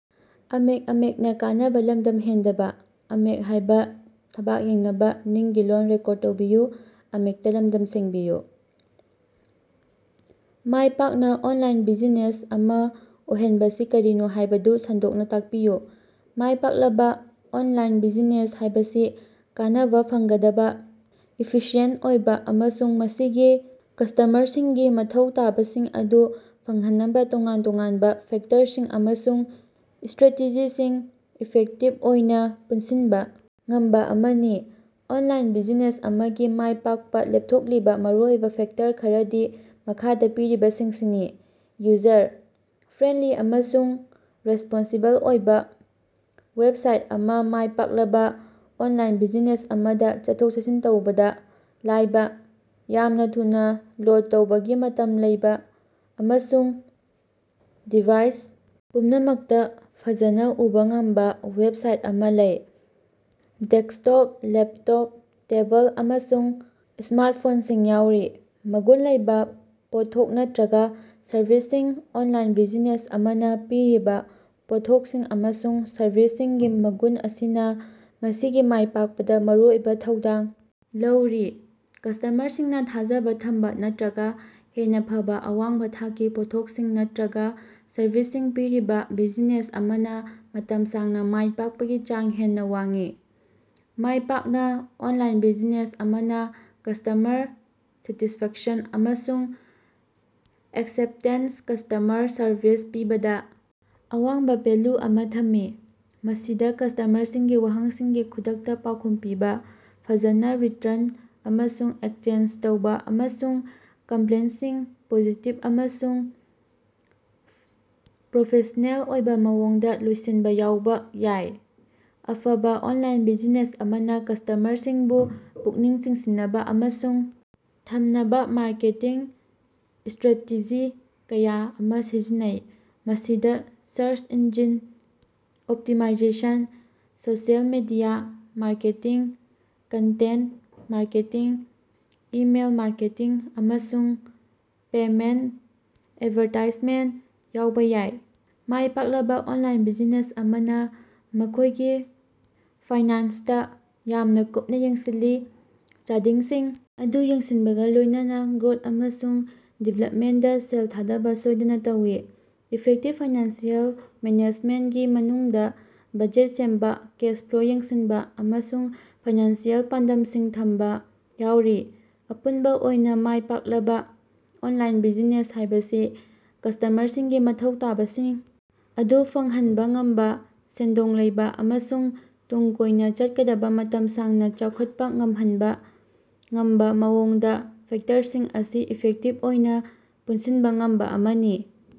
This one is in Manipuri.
ꯃꯥꯏꯄꯥꯛꯅꯥ ꯑꯣꯟꯂꯥꯏꯟ ꯕꯤꯖꯤꯅꯦꯁ ꯑꯃꯥ ꯑꯣꯏꯍꯟꯕꯁꯤ ꯀꯔꯤꯅꯣ ꯍꯥꯏꯕꯗꯨ ꯁꯟꯗꯣꯛꯅꯥ ꯇꯥꯛꯄꯤꯌꯨ꯫ ꯃꯥꯏ ꯄꯥꯛꯂꯕꯥ ꯑꯣꯟꯂꯥꯏꯟ ꯕꯤꯖꯤꯅꯦꯁ ꯍꯥꯏꯕꯁꯤ ꯀꯥꯟꯅꯕꯥ ꯐꯪꯒꯗꯕꯥ, ꯏꯐꯤꯁꯤꯌꯦꯟꯇ ꯑꯣꯏꯕꯥ ꯑꯃꯁꯨꯡ ꯃꯁꯤꯒꯤ ꯀꯁꯇꯃꯔꯁꯤꯡꯒꯤ ꯃꯊꯧ ꯇꯥꯕꯁꯤꯡ ꯑꯗꯨ ꯐꯪꯍꯟꯅꯕꯥ ꯇꯣꯉꯥꯟ ꯇꯣꯉꯥꯟꯕꯥ ꯐꯦꯛꯇꯔꯁꯤꯡ ꯑꯃꯁꯨꯡ ꯢꯁꯇ꯭ꯔꯦꯇꯦꯖꯤꯁꯤꯡ ꯏꯐꯦꯛꯇꯤꯕ ꯑꯣꯏꯅꯥ ꯄꯨꯟꯁꯤꯟꯕꯥ ꯉꯝꯕꯥ ꯑꯃꯅꯤ꯫ ꯑꯣꯟꯂꯥꯏꯟ ꯕꯤꯖꯤꯅꯦꯁ ꯑꯃꯒꯤ ꯃꯥꯏꯄꯥꯛꯄꯥ ꯂꯦꯞꯊꯣꯛꯂꯤꯕꯥ ꯃꯔꯨꯑꯣꯏꯕꯥ ꯐꯦꯛꯇꯔ ꯈꯔꯗꯤ ꯃꯈꯥꯗꯥ ꯄꯤꯔꯤꯕꯁꯤꯡꯁꯤꯅꯤ: ꯌꯨꯖꯔ-ꯐ꯭ꯔꯦꯟꯂꯤ ꯑꯃꯁꯨꯡ ꯔꯦꯁꯄꯣꯟꯁꯤꯕꯜ ꯑꯣꯏꯕꯥ ꯋꯦꯞꯁꯥꯏꯠ ꯑꯃ ꯃꯥꯏꯄꯥꯛꯂꯕꯥ ꯑꯣꯟꯂꯥꯏꯟ ꯕꯤꯖꯤꯅꯦꯁ ꯑꯃꯗꯥ ꯆꯠꯊꯣꯛ-ꯆꯠꯁꯤꯟ ꯇꯧꯕꯗꯥ ꯂꯥꯏꯕꯥ, ꯌꯥꯝꯅꯥ ꯊꯨꯅꯥ ꯂꯣꯠ ꯇꯧꯕꯒꯤ ꯃꯇꯝ ꯂꯩꯕꯥ ꯑꯃꯁꯨꯡ ꯗꯤꯚꯥꯏꯁ ꯄꯨꯝꯅꯃꯛꯇꯥ ꯐꯖꯅꯥ ꯎꯕꯥ ꯉꯝꯕꯥ ꯋꯦꯞꯁꯥꯏꯠ ꯑꯃꯥ ꯂꯩ꯫ ꯗꯦꯛꯁꯇꯣꯞ, ꯂꯦꯞꯇꯣꯞ, ꯇꯦꯕꯜ ꯑꯃꯁꯨꯡ ꯁ꯭ꯃꯥꯔꯠ ꯐꯣꯟꯁꯤꯡ ꯌꯥꯎꯔꯤ꯫ ꯃꯒꯨꯟ ꯂꯩꯕꯥ ꯄꯣꯠꯊꯣꯛ ꯅꯠꯇ꯭ꯔꯒꯥ ꯁꯔꯚꯤꯁꯁꯤꯡ: ꯑꯣꯟꯂꯥꯏꯟ ꯕꯤꯖꯤꯅꯦꯁ ꯑꯃꯅꯥ ꯄꯤꯔꯤꯕꯥ ꯄꯣꯠꯊꯣꯛꯁꯤꯡ ꯑꯃꯁꯨꯡ ꯁꯔꯚꯤꯁꯁꯤꯡꯒꯤ ꯃꯒꯨꯟ ꯑꯁꯤꯅꯥ ꯃꯁꯤꯒꯤ ꯃꯥꯏ ꯄꯥꯛꯄꯗꯥ ꯃꯔꯨꯑꯣꯏꯕꯥ ꯊꯧꯗꯥꯡ ꯂꯧꯔꯤ꯫ ꯀꯁꯇ꯭ꯃꯔꯁꯤꯡꯅꯥ ꯊꯥꯖꯕꯥ ꯊꯝꯕꯥ ꯅꯠꯇ꯭ꯔꯒꯥ ꯍꯦꯟꯅꯥ ꯐꯕꯥ ꯑꯋꯥꯡꯕꯥ ꯊꯥꯛꯀꯤ ꯄꯣꯠꯊꯣꯛꯁꯤꯡ ꯅꯠꯇ꯭ꯔꯒꯥ ꯁꯔꯚꯤꯁꯁꯤꯡ ꯄꯤꯔꯤꯕꯥ ꯕꯤꯖꯤꯅꯦꯁ ꯑꯃꯅꯥ ꯃꯇꯝ ꯁꯥꯡꯅꯥ ꯃꯥꯏ ꯄꯥꯛꯄꯒꯤ ꯆꯥꯡ ꯍꯦꯟꯅꯥ ꯋꯥꯡꯏ꯫ ꯃꯥꯏꯄꯥꯛꯅꯥ ꯑꯣꯟꯂꯥꯏꯟ ꯕꯤꯖꯤꯅꯦꯁ ꯑꯃꯅꯥ ꯀꯁꯇꯃꯔ ꯁꯦꯇꯤꯁꯐꯦꯛꯁꯟ ꯑꯃꯁꯨꯡ ꯑꯦꯛꯁꯦꯞꯇꯦꯟꯁ ꯀꯁꯇ꯭ꯃꯔ ꯁꯔꯚꯤꯁ ꯄꯤꯕꯗꯥ ꯑꯋꯥꯡꯕꯥ ꯚꯦꯜꯂꯨ ꯑꯃꯥ ꯊꯝꯃꯤ꯫ ꯃꯁꯤꯗꯥ ꯀꯁꯇ꯭ꯃꯔꯁꯤꯡꯒꯤ ꯋꯥꯍꯪꯁꯤꯡꯒꯤ ꯈꯨꯗꯛꯇꯥ ꯄꯥꯎꯈꯨꯝ ꯄꯤꯕꯥ, ꯐꯖꯅꯥ ꯔꯤꯇ꯭ꯔꯟ ꯑꯃꯁꯨꯡ ꯑꯦꯛꯁꯆꯦꯟꯖ ꯇꯧꯕꯥ ꯑꯃꯁꯨꯡ ꯀꯝꯄ꯭ꯂꯦꯟꯁꯤꯡ ꯄꯣꯖꯤꯇꯤꯚ ꯑꯃꯁꯨꯡ ꯄ꯭ꯔꯣꯐꯦꯁꯅꯦꯜ ꯑꯣꯏꯕꯥ ꯃꯑꯣꯡꯗꯥ ꯂꯣꯏꯁꯤꯟꯕꯥ ꯌꯥꯎꯕꯥ ꯌꯥꯏ꯫ ꯑꯐꯕꯥ ꯑꯣꯟꯂꯥꯏꯟ ꯕꯤꯖꯤꯅꯦꯁ ꯑꯃꯅꯥ ꯀꯁꯇꯃꯔꯁꯤꯡꯕꯨ ꯄꯨꯛꯅꯤꯡ ꯆꯤꯡꯁꯤꯟꯅꯕꯥ ꯑꯃꯁꯨꯡ ꯊꯝꯅꯕꯥ ꯃꯥꯔꯀꯦꯇꯤꯡ ꯏꯁꯇ꯭ꯔꯦꯇꯦꯖꯤ ꯀꯌꯥ ꯑꯃꯥ ꯁꯤꯖꯤꯟꯅꯩ꯫ ꯃꯁꯤꯗꯥ search engine optimisation, social media marketing, content marketing, email marketing ꯑꯃꯁꯨꯡ ꯄꯦꯃꯦꯟꯇ ꯑꯦꯠꯚꯥꯔꯇꯥꯏꯖꯃꯦꯟ ꯌꯥꯎꯕꯥ ꯌꯥꯏ꯫ ꯃꯥꯏ ꯄꯥꯛꯂꯕꯥ ꯑꯣꯟꯂꯥꯏꯟ ꯕꯤꯖꯤꯅꯦꯁ ꯑꯃꯅꯥ ꯃꯈꯣꯏꯒꯤ ꯐꯥꯏꯅꯥꯟꯁꯇꯥ ꯌꯥꯝꯅꯥ ꯀꯨꯞꯅꯥ ꯌꯦꯡꯁꯤꯜꯂꯤ, ꯆꯥꯗꯤꯡꯁꯤꯡ ꯑꯗꯨ ꯌꯦꯡꯁꯤꯟꯕꯒꯥ ꯂꯣꯏꯅꯅꯥ ꯒ꯭ꯔꯣꯠ ꯑꯃꯁꯨꯡ ꯗꯤꯕ꯭ꯂꯞꯃꯦꯟꯗꯥ ꯁꯦꯜ ꯊꯥꯗꯕꯥ ꯁꯣꯏꯗꯅꯥ ꯇꯧꯏ꯫ ꯏꯐꯦꯛꯇꯤꯞ ꯐꯥꯏꯅꯥꯟꯁꯤꯑꯦꯜ ꯃꯦꯅꯦꯖꯃꯦꯟꯀꯤ ꯃꯅꯨꯡꯗꯥ ꯕꯖꯦꯠ ꯁꯦꯝꯕꯥ, ꯀꯦꯁ ꯐ꯭ꯂꯣ ꯌꯦꯡꯁꯤꯟꯕꯥ ꯑꯃꯁꯨꯡ ꯐꯥꯏꯅꯥꯟꯁꯤꯑꯦꯜ ꯄꯥꯟꯗꯝꯁꯤꯡ ꯊꯝꯕꯥ ꯌꯥꯎꯔꯤ꯫ ꯑꯄꯨꯟꯕꯥ ꯑꯣꯏꯅꯥ, ꯃꯥꯏꯄꯥꯛꯂꯕꯥ ꯑꯣꯟꯂꯥꯏꯟ ꯕꯤꯖꯤꯅꯦꯁ ꯍꯥꯏꯕꯁꯤ ꯀꯁꯇ꯭ꯃꯔꯁꯤꯡꯒꯤ ꯃꯊꯧ ꯇꯥꯕꯁꯤꯡ ꯑꯗꯨ ꯐꯪꯍꯟꯕꯥ ꯉꯝꯕꯥ, ꯁꯦꯟꯗꯣꯡ ꯂꯩꯕꯥ ꯑꯃꯁꯨꯡ ꯇꯨꯡ ꯀꯣꯏꯅꯥ ꯆꯠꯀꯗꯕꯥ ꯃꯇꯝ ꯁꯥꯡꯅꯥ ꯆꯥꯎꯈꯠꯄꯥ ꯉꯝꯍꯟꯕꯥ ꯉꯝꯕꯥ ꯃꯑꯣꯡꯗꯥ ꯐꯦꯛꯇꯔꯁꯤꯡ ꯑꯁꯤ ꯏꯐꯦꯛꯇꯤꯕ ꯑꯣꯏꯅꯥ ꯄꯨꯟꯁꯤꯟꯕꯥ ꯉꯝꯕꯥ ꯑꯃꯅꯤ꯫